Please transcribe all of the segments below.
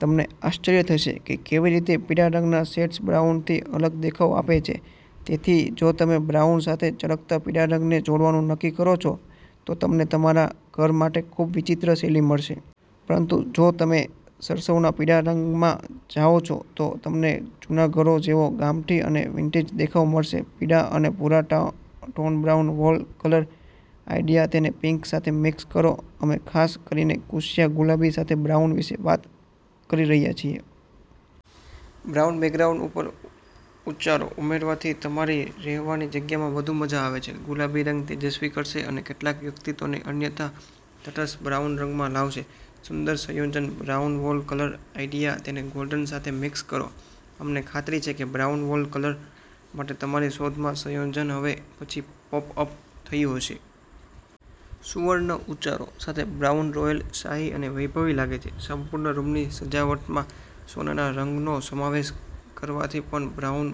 તમને આશ્ચર્ય થશે કે કેવી રીતે પીળા રંગના શેડ્સ બ્રાઉનથી અલગ દેખાવ આપે છે. તેથી, જો તમે બ્રાઉન સાથે ચળકતા પીળા રંગને જોડવાનું નક્કી કરો છો, તો તમને તમારા ઘર માટે ખૂબવિચિત્ર શૈલી મળશે. પરંતુ જો તમે સરસવના પીળા રંગમાં જાઓ છો, તો તમને જૂના ઘરો જેવો ગામઠી અને વિન્ટેજ દેખાવ મળશે. પીળા અને ભૂરા tone brown wall colour idea તેને પિંક સાથે મિક્સ કરો અમે ખાસ કરીને ફુશિયા ગુલાબી સાથે બ્રાઉન વિશે વાત કરી રહ્યા છીએ. બ્રાઉન બેકગ્રાઉન્ડ પર ઉચ્ચારો ઉમેરવાથી તમારી રહેવાની જગ્યામાં વધુ મજા આવે છે. ગુલાબી રંગ તેજસ્વી કરશે અને કેટલાક વ્યક્તિત્વને અન્યથા તટસ્થ બ્રાઉન રંગમાં લાવશે. સુંદર સંયોજન બ્રાઉન વોલ કલર આઈડિયા તેને ગોલ્ડ સાથે મિક્સ કરો અમને ખાતરી છે કે બ્રાઉન વોલ કલર માટે તમારી શોધમાં, સંયોજન હવે પછી પોપ અપ થયું હશે. સુવર્ણ ઉચ્ચારો સાથે બ્રાઉન રોયલ, શાહી અને વૈભવી લાગે છે. સંપૂર્ણ રૂમની સજાવટમાં સોનાના રંગનો સમાવેશ કરવાથી પણ બ્રાઉન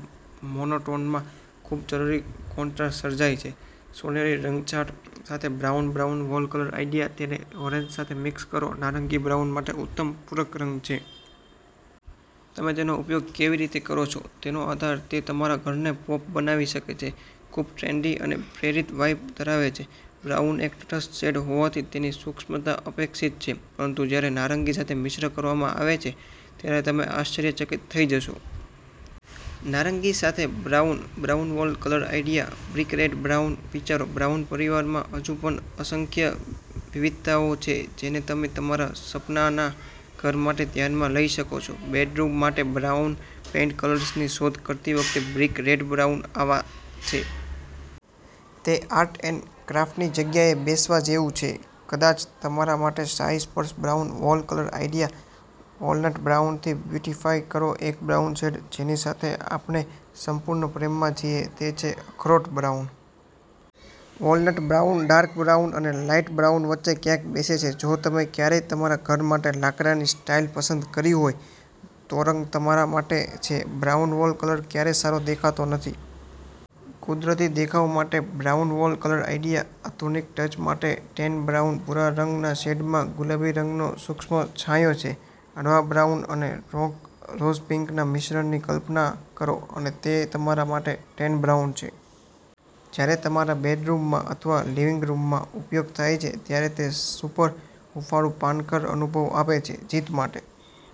મોનોટોનમાં ખૂબજરૂરી કોન્ટ્રાસ્ટ સર્જાય છે. સોનેરી રંગછટા સાથે brown brown wall colour idea તેને ઓરેન્જ સાથે મિક્સ કરો નારંગીબ્રાઉન માટે ઉત્તમ પૂરક રંગ છે. તમે તેનો ઉપયોગ કેવી રીતે કરો છો તેના આધારે, તે તમારા ઘરને પોપ બનાવી શકે છે, ખૂબટ્રેન્ડી અને પ્રેરિત વાઇબ ધરાવે છે. બ્રાઉન એક તટસ્થ શેડ હોવાથી, તેની સૂક્ષ્મતા અપેક્ષિત છે, પરંતુ જ્યારે નારંગી સાથે મિશ્ર કરવામાં આવે છે, ત્યારે તમે આશ્ચર્યચકિત થઈ જશો. નારંગી સાથે brown brown wall colour idea brick red brown વિચારો બ્રાઉન પરિવારમાં, હજુ પણ અસંખ્ય વિવિધતાઓ છે જેને તમે તમારા સપનાના ઘર માટે ધ્યાનમાં લઈ શકો છો. બેડરૂમ માટે બ્રાઉન પેઇન્ટ કલર્સની શોધ કરતી વખતે બ્રિક રેડ-બ્રાઉન આવા છે. તે આર્ટ એન્ડ ક્રાફ્ટની જગ્યાએ બેસવા જેવું છે. કદાચ તમારા માટે શાહી સ્પર્શ brown wall colour idea walnut બ્રાઉનથી બ્યુટીફાઈ કરો એક બ્રાઉન શેડ જેની સાથે આપણે સંપૂર્ણ પ્રેમમાં છીએ તે છે અખરોટ brown. Walnut brown dark brown અને લાઇટ બ્રાઉન વચ્ચે ક્યાંક બેસે છે. જો તમે ક્યારેય તમારા ઘર માટે લાકડાની સ્ટાઈલ પસંદ કરી હોય, તોરંગ તમારા માટે છે. બ્રાઉન વોલ કલર ક્યારેય સારો દેખાતો નથી. કુદરતી દેખાવ માટે બ્રાઉન વોલ કલર આઈડિયા આધુનિક ટચ માટે ટેન બ્રાઉન ભૂરા રંગનાશેડમાં ગુલાબી રંગનો સૂક્ષ્મ છાંયો છે. હળવા બ્રાઉન અને રોઝ પિંકના મિશ્રણની કલ્પના કરો અને તે તમારા માટે ટેન બ્રાઉન છે. જ્યારે તમારા બેડરૂમમાં અથવા લિવિંગ રૂમમાં ઉપયોગ થાય છે ત્યારે તે સુપર હૂંફાળું પાનખર અનુભવ આપે છે! જીત માટે